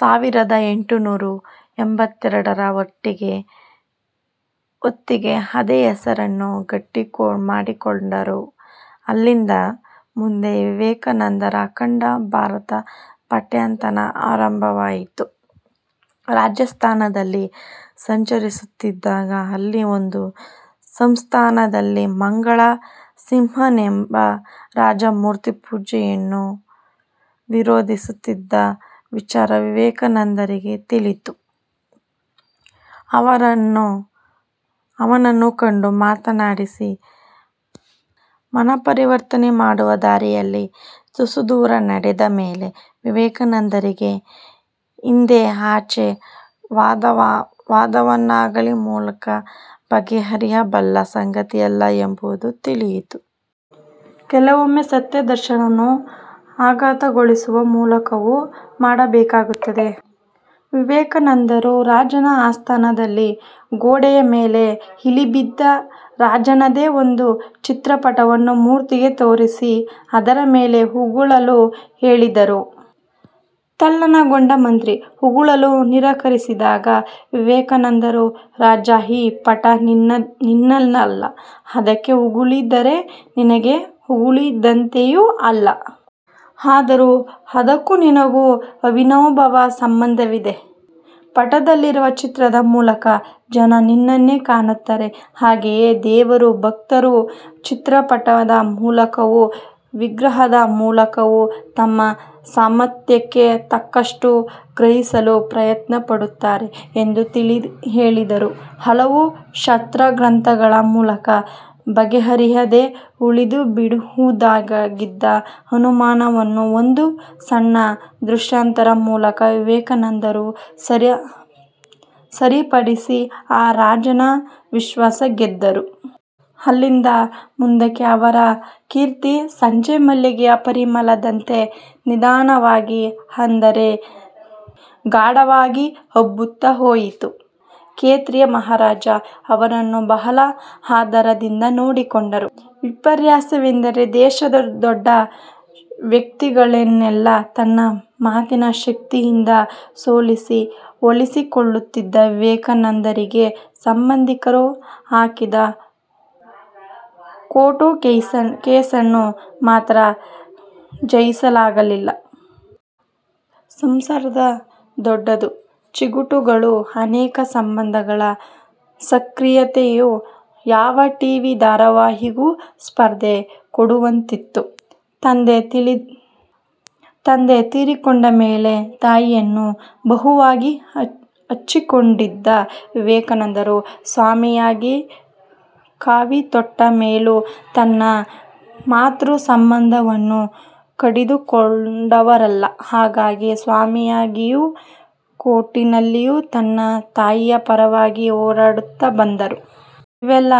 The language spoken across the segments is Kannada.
ಸಾವಿರದ ಎಂಟುನೂರ ಎಂಬತ್ತೆಂಟರ ಹೊತ್ತಿಗೆ ಅದೇ ಹೆಸರನ್ನು ಗಟ್ಟಿಮಾಡಿಕೊಂಡರು. ಅಲ್ಲಿಂದ ಮುಂದೆ ವಿವೇಕಾನಂದರ ಅಖಂಡ ಭಾರತ ಪರ್ಯಟನ ಪ್ರಾರಂಭವಾಯಿತು. ರಾಜಸ್ತಾನದಲ್ಲಿ ಸಂಚರಿಸುತ್ತಿದ್ದಾಗ ಅಲ್ಲಿನೊಂದು ಸಂಸ್ಥಾನದಲ್ಲಿ ಮಂಗಲ ಸಿಂಹನೆಂಬ ರಾಜ ಮೂರ್ತಿಪೂಜೆಯನ್ನು ವಿರೋಧಿಸುತ್ತಿದ್ದ ವಿಚಾರ ವಿವೇಕಾನಂದರಿಗೆ ತಿಳಿಯಿತು. ಅವನನ್ನು ಕಂಡು ಮಾತಾಡಿಸಿ ಮನಃಪರಿವರ್ತನೆ ಮಾಡುವ ದಾರಿಯಲ್ಲಿ ತುಸುದೂರ ನಡೆದ ಮೇಲೆ ವಿವೇಕಾನಂದರಿಗೆ ಇದು ಚರ್ಚೆ-ಸಂವಾದಗಳ ಮೂಲಕ ಬಗೆಹರಿಯಬಲ್ಲ ಸಂಗತಿಯಲ್ಲ ಎಂಬುದು ತಿಳಿಯಿತು. ಕೆಲವೊಮ್ಮೆ ಸತ್ಯದರ್ಶನವನ್ನು ಆಘಾತಗೊಳಿಸುವ ಮೂಲಕವೂ ಮಾಡಬೇಕಾಗುತ್ತದೆ. ವಿವೇಕಾನಂದರು ರಾಜನ ಆಸ್ಥಾನದಲ್ಲಿ ಗೋಡೆಯ ಮೇಲೆ ಇಳಿಬಿದ್ದಿದ್ದ ರಾಜನದ್ದೇ ಒಂದು ಚಿತ್ರಪಟವನ್ನು ಮಂತ್ರಿಗೆ ತೋರಿಸಿ ಅದರ ಮೇಲೆ ಉಗುಳಲು ಹೇಳಿದರು. ತಲ್ಲಣಗೊಂಡ ಮಂತ್ರಿ ಉಗುಳಲು ನಿರಾಕರಿಸಿದಾಗ ವಿವೇಕಾನಂದರು "ರಾಜ, ಈ ಪಟ ನೀನಲ್ಲ. ಇದಕ್ಕೆ ಉಗುಳಿದರೆ ನಿನಗೆ ಉಗುಳಿದಂತೆಯೂ ಅಲ್ಲ. ಆದರೂ ಅದಕ್ಕೂ ನಿನಗೂ ಅವಿನಾಭಾವ ಸಂಬಂಧವಿದೆ. ಪಟದಲ್ಲಿರುವ ಚಿತ್ರದ ಮೂಲಕ ಜನ ನಿನ್ನನ್ನೇ ಕಾಣುತ್ತಾರೆ. ಹಾಗೆಯೇ, ದೇವರನ್ನು ಭಕ್ತರು ಚಿತ್ರಪಟದ ಮೂಲಕವೋ ವಿಗ್ರಹದ ಮೂಲಕವೋ ತಮ್ಮ ಸಾಮರ್ಥ್ಯಕ್ಕೆ ತಕ್ಕಷ್ಟು ಗ್ರಹಿಸಲು ಪ್ರಯತ್ನಪಡುತ್ತಾರೆ. " ಎಂದು ತಿಳಿಹೇಳಿದರು. ಹಲವು ಶಾಸ್ತ್ರಗ್ರಂಥಗಳ ಮೂಲಕ ಬಗೆಹರಿಯದೆ ಉಳಿದುಬಿಡಬಹುದಾಗಿದ್ದ ಅನುಮಾನವನ್ನು ಒಂದು ಸಣ್ಣ ದೃಷ್ಟಾಂತದ ಮೂಲಕ ವಿವೇಕಾನಂದರು ಪರಿಹರಿಸಿ ಆ ರಾಜನ ವಿಶ್ವಾಸ ಗೆದ್ದರು. ಅಲ್ಲಿಂದ ಮುಂದಕ್ಕೆ ಅವರ ಕೀರ್ತಿ ಸಂಜೆಮಲ್ಲಿಗೆಯ ಪರಿಮಳದಂತೆ ನಿಧಾನವಾಗಿ ಆದರೆ ಗಾಢವಾಗಿ ಹಬ್ಬುತ್ತಾ ಹೋಯಿತು. ಖೇತ್ರಿಯ ಮಹಾರಾಜ ಇವರನ್ನು ಬಹಳ ಆದರದಿಂದ ನೋಡಿಕೊಂಡರು. ವಿಪರ್ಯಾಸವೆಂದರೆ ದೇಶದ ದೊಡ್ಡ ವ್ಯಕ್ತಿಗಳನ್ನೆಲ್ಲ ತನ್ನ ಮಾತಿನ ಶಕ್ತಿಯಿಂದ ಸೋಲಿಸಿ ಒಲಿಸಿಕೊಳ್ಳುತ್ತಿದ್ದ ವಿವೇಕಾನಂದರಿಗೆ ಸಂಬಂಧಿಕರು ಹಾಕಿದ್ದ ಕೋರ್ಟು ಕೇಸನ್ನು ಮಾತ್ರ ಜಯಿಸಲಾಗಲಿಲ್ಲ! ಸಂಸಾರ ದೊಡ್ಡದು, ಜಿಗುಟುಗಳೂ ಅನೇಕ. ಸಂಬಂಧಗಳ ಸಂಕೀರ್ಣತೆಯೋ ಯಾವ ಟಿವಿ ಧಾರಾವಾಹಿಗೂ ಸ್ಪರ್ಧೆ ಕೊಡುವಂತಿತ್ತು. ತಂದೆ ತೀರಿಕೊಂಡಮೇಲೆ ತಾಯಿಯನ್ನು ಬಹುವಾಗಿ ಹಚ್ಚಿಕೊಂಡಿದ್ದ ವಿವೇಕರು ಸ್ವಾಮಿಯಾಗಿ ಕಾವಿ ತೊಟ್ಟ ಮೇಲೂ ತನ್ನ ಮಾತೃ ಸಂಬಂಧವನ್ನು ಕಡಿದುಕೊಂಡವರಲ್ಲ. ಹಾಗಾಗಿ ಸ್ವಾಮಿಯಾಗಿಯೂ ಕೋರ್ಟಿನಲ್ಲಿ ತನ್ನ ತಾಯಿಯ ಪರವಾಗಿ ಹೋರಾಡುತ್ತಾ ಬಂದರು. ಇವೆಲ್ಲ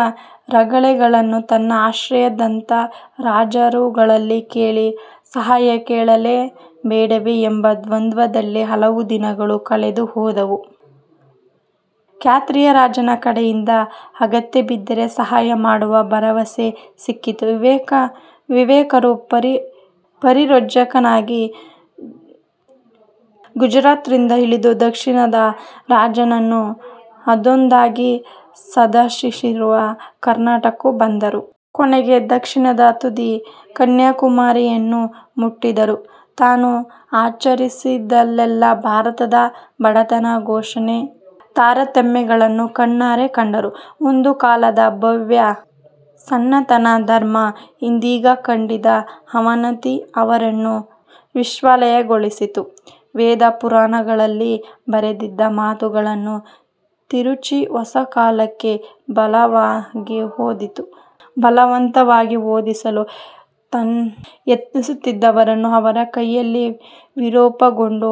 ರಗಳೆಗಳನ್ನು ತನ್ನ ಆಶ್ರಯದಾತ ರಾಜರುಗಳಲ್ಲಿ ಹೇಳಿ ಸಹಾಯ ಕೇಳಲೇ ಬೇಡವೇ ಎಂಬ ದ್ವಂದ್ವದಲ್ಲೇ ಹಲವು ದಿನಗಳು ಕಳೆದುಹೋದವು. ಖೇತ್ರಿಯ ರಾಜನ ಕಡೆಯಿಂದ, ಅಗತ್ಯ ಬಿದ್ದರೆ ಸಹಾಯ ಮಾಡುವ ಭರವಸೆ ಸಿಕ್ಕಿತು. ವಿವೇಕರು ಪರಿವ್ರಾಜಕನಾಗಿ ಗುಜರಾತ್ನಿಂದ ಇಳಿದು ದಕ್ಷಿಣದ ರಾಜ್ಯಗಳನ್ನು ಒಂದೊಂದಾಗಿ ಸಂದರ್ಶಿಸಿದರು. ಕರ್ನಾಟಕಕ್ಕೂ ಬಂದರು. ಕೊನೆಗೆ ದಕ್ಷಿಣದ ತುದಿ ಕನ್ಯಾಕುಮಾರಿಯನ್ನು ಮುಟ್ಟಿದರು. ತಾನು ಸಂಚರಿಸಿದಲ್ಲೆಲ್ಲ ಭಾರತದ ಬಡತನ, ಶೋಷಣೆ, ತಾರತಮ್ಯಗಳನ್ನು ಕಣ್ಣಾರೆ ಕಂಡರು. ಒಂದು ಕಾಲದ ಭವ್ಯ ಸನಾತನ ಧರ್ಮ ಇದೀಗ ಕಂಡಿದ್ದ ಅವನತಿ ಅವರನ್ನು ವಿಹ್ವಲಗೊಳಿಸಿತು. ವೇದ ಪುರಾಣಗಳಲ್ಲಿ ಬರೆದಿದ್ದ ಮಾತುಗಳನ್ನು ತಿರುಚಿ ಹೊಸಕಾಲಕ್ಕೆ ಬಲವಂತವಾಗಿ ಹೊಂದಿಸಲು ಯತ್ನಿಸುತ್ತಿದ್ದವರನ್ನೂ ಅವರ ಕೈಯಲ್ಲಿ ವಿರೂಪಗೊಂಡು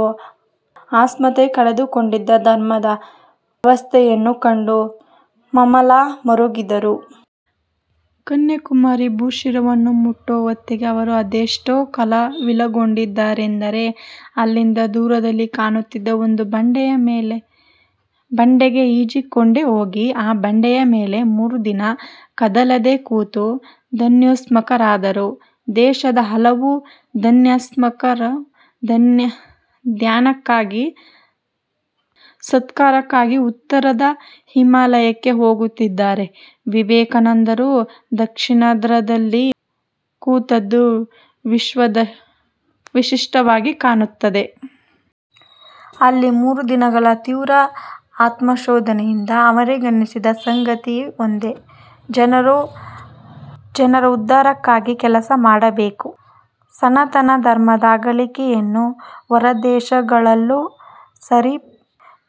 ಅಸ್ಮಿತೆ ಕಳೆದುಕೊಂಡಿದ್ದ ಧರ್ಮದ ಅವಸ್ಥೆಯನ್ನೂ ಕಂಡು ಮಮ್ಮಲ ಮರುಗಿದರು. ಕನ್ಯಾಕುಮಾರಿ ಭೂಶಿರವನ್ನು ಮುಟ್ಟುವ ಹೊತ್ತಿಗೆ ಅವರು ಅದೆಷ್ಟು ಕಲ್ಲವಿಲಗೊಂಡಿದ್ದರೆಂದರೆ, ಅಲ್ಲಿಂದ ದೂರದಲ್ಲಿ ಕಾಣುತ್ತಿದ್ದ ಒಂದು ಬಂಡೆಗೆ ಈಜಿಕೊಂಡೇಹೋಗಿ, ಆ ಬಂಡೆಯ ಮೇಲೆ ಮೂರು ದಿನ ಕದಲದೆ ಕೂತು ಧ್ಯಾನೋನ್ಮುಖರಾದರು. ದೇಶದ ಹಲವು ಅಧ್ಯಾತ್ಮಸಾಧಕರು ಧ್ಯಾನಕ್ಕಾಗಿ ಸಾಕ್ಷಾತ್ಕಾರಕ್ಕಾಗಿ ಉತ್ತರದ ಹಿಮಾಲಯಕ್ಕೆ ಹೋಗುತ್ತಿದ್ದರೆ ವಿವೇಕಾನಂದರು ದಕ್ಷಿಣಾಗ್ರದಲ್ಲಿ ಕೂತದ್ದು ವಿಶಿಷ್ಟವಾಗಿ ಕಾಣುತ್ತದೆ. ಅಲ್ಲಿ ಮೂರುದಿನಗಳ ತೀವ್ರ ಆತ್ಮಶೋಧನೆಯಿಂದ ಅವರಿಗನ್ನಿಸಿದ ಸಂಗತಿಯೊಂದೇ – ಜನರ ಉದ್ಧಾರಕ್ಕಾಗಿ ಕೆಲಸ ಮಾಡಬೇಕು. ಸನಾತನ ಧರ್ಮದ ಅಗ್ಗಳಿಕೆಯನ್ನು ಹೊರದೇಶಗಳಲ್ಲೂ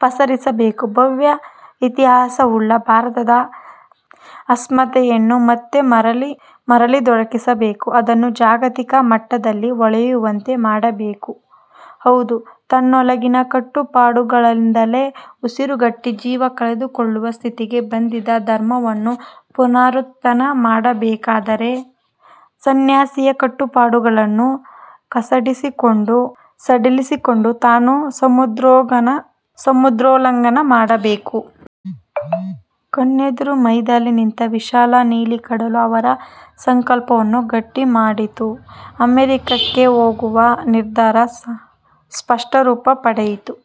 ಪಸರಿಸಬೇಕು. ಭವ್ಯ ಇತಿಹಾಸವುಳ್ಳ ಭಾರತದ ಅಸ್ಮಿತೆಯನ್ನು ಮತ್ತೆ ಮರಳಿದೊರಕಿಸಬೇಕಾದರೆ ಅದನ್ನು ಜಾಗತಿಕ ಮಟ್ಟದಲ್ಲಿ ಹೊಳೆಯುವಂತೆ ಮಾಡಬೇಕು. ಹೌದು, ತನ್ನೊಳಗಿನ ಕಟ್ಟುಪಾಡುಗಳಿಂದಲೇ ಉಸಿರುಗಟ್ಟಿ ಜೀವ ಕಳೆದುಕೊಳ್ಳುವ ಸ್ಥಿತಿಗೆ ಬಂದಿದ್ದ ಧರ್ಮವನ್ನು ಪುನರುತ್ಥಾನ ಮಾಡಬೇಕಾದರೆ, ಸಂನ್ಯಾಸಿಯ ಕಟ್ಟುಪಾಡುಗಳನ್ನು ಸಡಿಲಿಸಿಕೊಂಡು ತಾನು ಸಮುದ್ರೋಲ್ಲಂಘನ ಮಾಡಲೇಬೇಕು. ಕಣ್ಣೆದುರು ಮೈದಾಳಿ ನಿಂತ ವಿಶಾಲ ನೀಲಿಕಡಲು ಅವರ ಸಂಕಲ್ಪವನ್ನು ಗಟ್ಟಿ ಮಾಡಿತು. ಅಮೆರಿಕೆಗೆ ಹೋಗುವ ನಿರ್ಧಾರ ಸ್ಪಷ್ಟರೂಪ ಪಡೆಯಿತು.